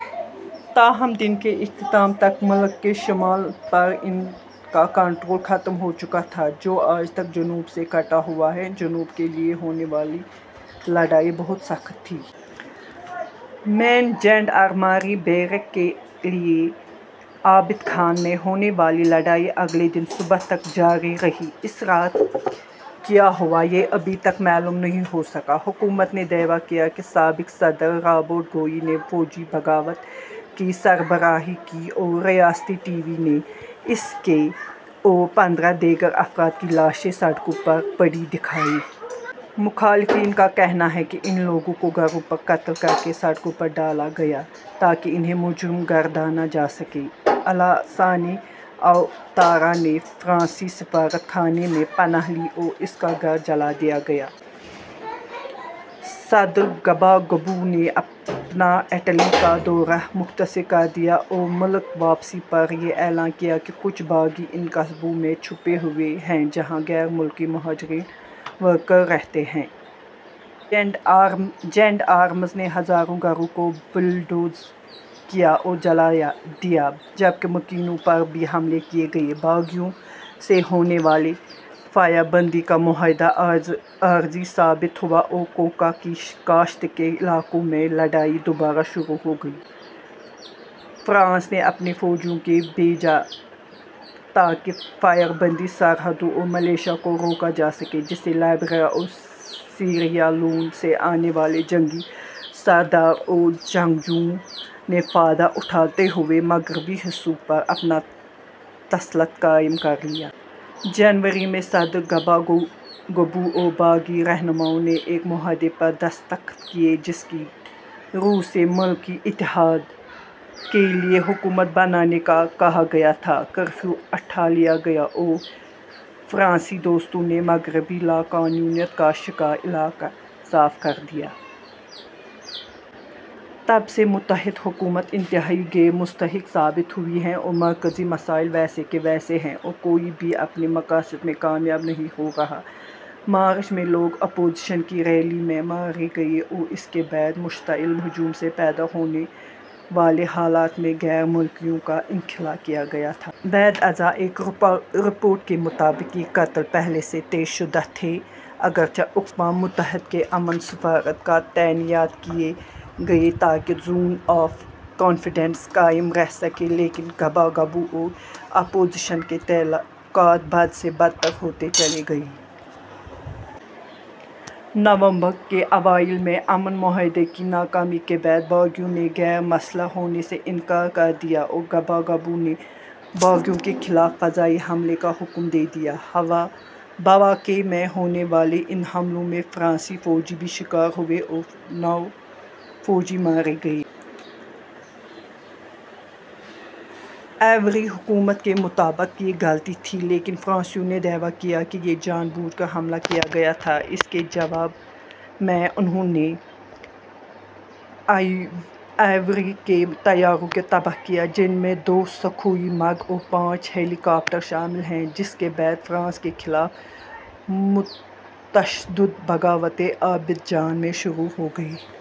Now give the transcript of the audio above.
تاہم دن کے اختتام تک ملک کے شمال پر ان کا کنٹرول ختم ہو چکا تھا جو آج تک جنوب سے کٹا ہوا ہے۔ جنوب کے لیے ہونے والی لڑائی بہت سخت تھی۔ مین جینڈارماری بیرک کے لیے عابدجان میں ہونے والی لڑائی اگلے دن صبح تک جاری رہی۔ اس رات کیا ہوا، یہ ابھی تک معلوم نہیں ہو سکا۔ حکومت نے دعویٰ کیا کہ سابقہ صدر رابرٹ گوئی نے فوجی بغاوت کی سربراہی کی اور ریاستی ٹی وی نے اس کی اور پندرہ دیگر افراد کی لاشیں سڑکوں پر پڑی دکھائیں۔ مخالفین کا کہنا ہے کہ ان لوگوں کو گھروں پر قتل کرکے سڑکوں پرڈالا گیا تاکہ انھیں مجرم گردانا جا سکے۔ الاسانے اوتارا نے فرانسیسی سفارت خانے میں پناہ لی اور اس کا گھر جلا دیا گیا۔ صدر گباگبو نے اپنا اٹلی کا دورہ مختصر کر دیا اورملک واپسی پر یہ اعلان کیا کہ کچھ باغی ان قصبوں میں چھپے ہوئے ہیں جہاں غیر ملکی مہاجرین ورکر رہتے ہ یں۔ جینڈآرمس نے ہزاروں گھروں کو بلڈوز کیا اور جلا دیا جبکہ مکینوں پر بھی حملے کیے گئے۔ باغیوں سے ہونے والا فائر بندی کا معاہدہ عارضی ثابت ہوا اور کوکا کی کاشت کے علاقوں میں لڑائی دوبارہ شروع ہو گئی۔ فرانس نے اپنے فوجیوں کو بھیجا تاکہ فائر بندی، سرحدوں اور ملیشیا کو روکا جا سکے جسسے لائبیریا اور سیریالون سے آنے والے جنگی سردار اور جنگجوؤں نے فائدہ اٹھاتے ہوئے مغربی حصوں پر اپنا تسلط قائم کر لیا۔ جنوری ء میں صدر گباگبو اور باغی رہنماؤں نے ایک معاہدے پر دستخط کیے جس کی رو سے "ملکی اتحاد کے لیے حکومت" بنانے کا کہا گیا تھا۔ کرفیو اٹھا لیا گیا اور فرانسیسی دستوں نے مغربی لاقانونیت کا شکار علاقہ صاف کر دیا۔ تب سے متحدہ حکومت انتہائی غیر مستحکم ثابت ہوئی ہے اور مرکزی مسائل ویسے کے ویسے ہیں اور کوئی بھی اپنے مقاصد میں کامیاب نہیں ہو رہا۔ مارچ ء میں لوگ اپوزیشن کی ریلی میں مارے گئے اور اس کے بعد مشتعل ہجوم سے پیدا ہونے والے حالات میں غیر ملکیوں کا انخلا کیا گیا۔ بعد ازاں ایک رپورٹ کے مطابق یہ قتل پہلے سے طے شدہ تھے۔ اگرچہ اقوام متحدہ کے امن سفارت کار تعینات کیے گئے تاکہ زون آف کانفیڈنس قائم رہ سکے لیکن گباگبو اور اپوزیشن کے تعلقات بد سے بدتر ہوتے چلے گئے۔ نومبر ء کے اوائل میں امن معاہدے کی ناکامی کے بعد باغیوں نے غیر مسلح ہونے سے انکار کر دیا اور گباگبو نے باغیوں کے خلاف فضائی حملے کا حکم دے دیا۔ بوآکے میں ہونے والے ان حملوں میں فرانسیسی فوجی بھی شکار ہوئے اور نو فوجی مارے گئے۔ آئیوری حکومت کے مطابق یہ غلطی تھی لیکن فرانسیسیوں نے دعویٰ کیا کہ یہ جان بوجھ کر حملہ کیا گیا تھا۔ اس کے جواب میں انھوں نے آئیوری کے طیاروں کو تباہ کیا جن میں دو سخوئی مگ اور پانچ ہیلی کاپٹر شامل ہیں جس کے بعد فرانس کے خلاف متشدد بغاوتیں عابدجان میں شروع ہو گئیں۔